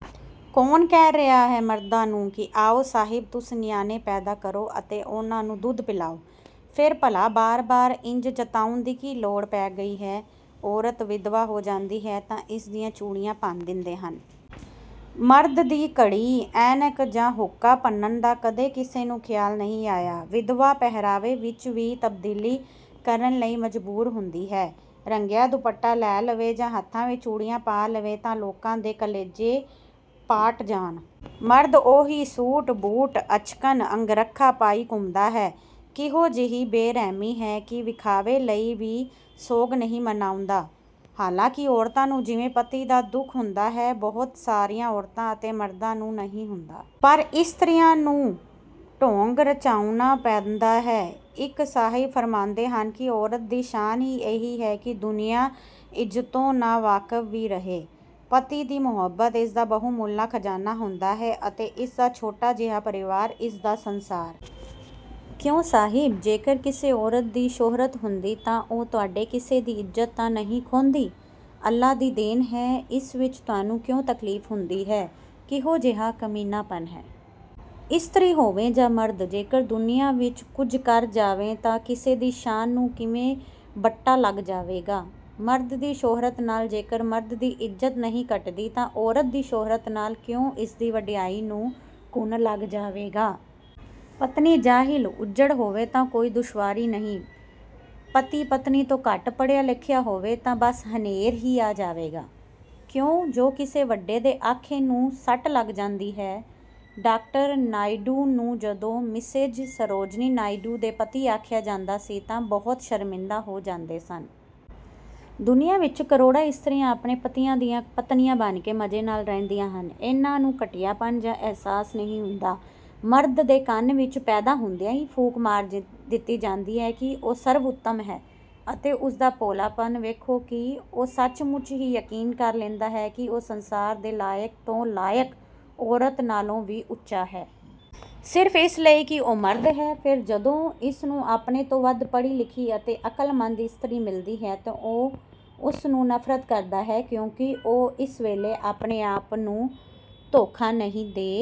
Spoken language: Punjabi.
ਕੌਣ ਕਹਿ ਰਿਹਾ ਹੈ ਮਰਦਾਂ ਨੂੰ ਕਿ ਆਓ ਸਾਹਿਬ ਤੁਸੀਂ ਨਿਆਣੇ ਪੈਦਾ ਕਰੋ ਅਤੇ ਉਹਨਾਂ ਨੂੰ ਦੁੱਧ ਪਿਲਾਓ। ਫਿਰ ਭਲਾ ਬਾਰ-ਬਾਰ ਇੰਝ ਜਤਾਉਣ ਦੀ ਕੀ ਲੋੜ ਪੈ ਗਈ ਹੈ? ਔਰਤ ਵਿਧਵਾ ਹੋ ਜਾਂਦੀ ਹੈ ਤਾਂ ਇਸਦੀਆਂ ਚੂੜੀਆਂ ਭੰਨ ਦਿੰਦੇ ਹਨ। ਮਰਦ ਦੀ ਘੜੀ, ਐਨਕ ਜਾਂ ਹੁੱਕਾ ਭੰਨਣ ਦਾ ਕਦੇ ਕਿਸੇ ਨੂੰ ਖਿਆਲ ਨਹੀਂ ਆਇਆ। ਵਿਧਵਾ ਪਹਿਰਾਵੇ ਵਿੱਚ ਵੀ ਤਬਦੀਲੀ ਕਰਨ ਲਈ ਮਜਬੂਰ ਹੁੰਦੀ ਹੈ। ਰੰਗਿਆ ਦੁਪੱਟਾ ਲੈ ਲਵੇ ਜਾਂ ਹੱਥਾਂ ਵਿੱਚ ਚੂੜੀਆਂ ਪਾ ਲਵੇ ਤਾਂ ਲੋਕਾਂ ਦੇ ਕਲੇਜੇ ਪਾਟ ਜਾਣ। ਮਰਦ ਉਹੀ ਸੂਟ-ਬੂਟ, ਅਚਕਨ, ਅੰਗਰਖਾ ਪਾਈ ਘੁੰਮਦਾ ਹੈ। ਕਿਹੋ ਜਿਹੀ ਬੇ-ਰਹਿਮੀ ਹੈ ਕਿ ਵਿਖਾਵੇ ਲਈ ਵੀ ਸੋਗ ਨਹੀਂ ਮਨਾਉਂਦਾ। ਹਾਲਾਂਕਿ ਔਰਤਾਂ ਨੂੰ ਜਿਵੇਂ ਪਤੀ ਦਾ ਦੁੱਖ ਹੁੰਦਾ ਹੈ। ਬਹੁਤ ਸਾਰੀਆਂ ਔਰਤਾਂ ਅਤੇ ਮਰਦਾਂ ਨੂੰ ਨਹੀਂ ਹੁੰਦਾ। ਪਰ ਇਸਤਰੀਆਂ ਨੂੰ ਢੋਂਗ ਰਚਾਉਣਾ ਪੈਂਦਾ ਹੈ। ਇੱਕ ਸਾਹਿਬ ਫ਼ਰਮਾਉਂਦੇ ਨੇ ਕਿ 'ਔਰਤ ਦੀ ਸ਼ਾਨ ਹੀ ਇਹੀ ਹੈ ਕਿ ਦੁਨੀਆਂ ਇਜਤੋਂ ਨਾ-ਵਾਕਫ਼ ਹੀ ਰਹੇ। ਪਤੀ ਦੀ ਮੁਹੱਬਤ ਇਸਦਾ ਬਹੁ-ਮੁੱਲਾ ਖ਼ਜ਼ਾਨਾ ਹੁੰਦਾ ਹੈ ਅਤੇ ਇਸਦਾ ਛੋਟਾ ਜਿਹਾ ਪਰਿਵਾਰ ਇਸਦਾ ਸੰਸਾਰ।' ਕਿਉਂ ਸਾਹਿਬ! ਜੇਕਰ ਕਿਸੇ ਔਰਤ ਦੀ ਸ਼ੋਹਰਤ ਹੁੰਦੀ ਤਾਂ ਉਹ ਤੁਹਾਡੇ ਹਿੱਸੇ ਦੀ ਇਜ਼ਤ ਤਾਂ ਨਹੀਂ ਖੋਹੰਦੀ। ਅੱਲ੍ਹਾ ਦੀ ਦੇਣ ਹੈ। ਇਸ ਵਿੱਚ ਤੁਹਾਨੂੰ ਕਿਉਂ ਤਕਲੀਫ਼ ਹੁੰਦੀ ਹੈ? ਕਿਹੋ ਜਿਹਾ ਕਮੀਨਾਪਨ ਹੈ। ਇਸਤਰੀ ਹੋਵੇ ਜਾਂ ਮਰਦ, ਜੇਕਰ ਦੁਨੀਆ ਵਿੱਚ ਕੁਝ ਕਰ ਜਾਵੇ ਤਾਂ ਕਿਸੇ ਦੀ ਸ਼ਾਨ ਨੂੰ ਕਿਵੇਂ ਬੱਟਾ ਲੱਗ ਜਾਵੇਗਾ। ਮਰਦ ਦੀ ਸ਼ੋਹਰਤ ਨਾਲ ਜੇਕਰ ਮਰਦ ਦੀ ਇਜ਼ਤ ਨਹੀਂ ਘੱਟਦੀ ਤਾਂ ਔਰਤ ਦੀ ਸ਼ੋਹਰਤ ਨਾਲ ਕਿਉਂ ਇਸਦੀ ਵਡਿਆਈ ਨੂੰ ਘੁਣ ਲੱਗ ਜਾਵੇਗਾ। ਪਤਨੀ ਜਾਹਿਲ-ਉਜੱਡ ਹੋਵੇ ਤਾਂ ਕੋਈ ਦੁਸ਼ਵਾਰੀ ਨਹੀਂ। ਪਤੀ, ਪਤਨੀ ਤੋਂ ਘੱਟ ਪੜ੍ਹਿਆ-ਲਿਖਿਆ ਹੋਵੇ ਤਾਂ ਬਸ ਹਨੇਰ ਹੀ ਆ ਜਾਵੇਗਾ। ਕਿਉਂ ਜੋ ਕਿਸੇ ਵੱਡੇ ਦੇ ਆਖੇ ਨੂੰ ਸੱਟ ਲੱਗ ਜਾਂਦੀ ਹੈ। ਡਾਕਟਰ ਨਾਇਡੂ ਨੂੰ ਜਦੋਂ 'ਮਿਸੇਜ਼ ਸਰੋਜਨੀ ਨਾਇਡੂ ਦੇ ਪਤੀ' ਆਖਿਆ ਜਾਂਦਾ ਸੀ ਤਾਂ ਬਹੁਤ ਸ਼ਰਮਿੰਦਾ ਹੋ ਜਾਂਦੇ ਸਨ। ਦੁਨੀਆਂ ਵਿੱਚ ਕਰੋੜਾਂ ਇਸਤਰੀਆਂ ਆਪਣੇ ਪਤੀਆਂ ਦੀਆਂ ਪਤਨੀਆਂ ਬਣ ਕੇ ਮਜ਼ੇ ਨਾਲ ਰਹਿੰਦੀਆਂ ਹਨ। ਇਹਨਾਂ ਨੂੰ ਘਟੀਆਪਨ ਯਾ ਅਹਿਸਾਸ ਨਹੀਂ ਹੁੰਦਾ। ਮਰਦ ਦੇ ਕੰਨ ਵਿੱਚ ਪੈਦਾ ਹੁੰਦਿਆਂ ਹੀ ਫੂਕ ਮਾਰ ਦਿੱਤੀ ਜਾਂਦੀ ਹੈ ਕਿ ਉਹ ਸਰਵ-ਉੱਤਮ ਹੈ ਅਤੇ ਉਸਦਾ ਭੋਲਾਪਨ ਵੇਖੋ ਕਿ ਉਹ ਸੱਚ-ਮੁੱਚ ਹੀ ਯਕੀਨ ਕਰ ਲੈਂਦਾ ਹੈ ਕਿ ਉਹ ਸੰਸਾਰ ਦੀ ਲਾਇਕ ਤੋਂ ਲਾਇਕ ਔਰਤ ਨਾਲੋਂ ਵੀ ਉੱਚਾ ਹੈ। ਸਿਰਫ਼ ਇਸ ਲਈ ਕਿ ਉਹ ਮਰਦ ਹੈ। ਫਿਰ ਜਦੋਂ ਇਸਨੂੰ ਆਪਣੇ ਤੋਂ ਵੱਧ ਪੜ੍ਹੀ-ਲਿਖੀ ਅਤੇ ਅਕਲਮੰਦ ਇਸਤਰੀ ਮਿਲਦੀ ਹੈ ਤਾਂ ਉਹ ਉਸ ਨੂੰ ਨਫ਼ਰਤ ਕਰਦਾ ਹੈ। ਕਿਉਂਕਿ ਉਹ ਇਸ ਵੇਲੇ ਆਪਣੇ ਆਪ ਨੂੰ ਧੋਖਾ ਨਹੀਂ ਦੇ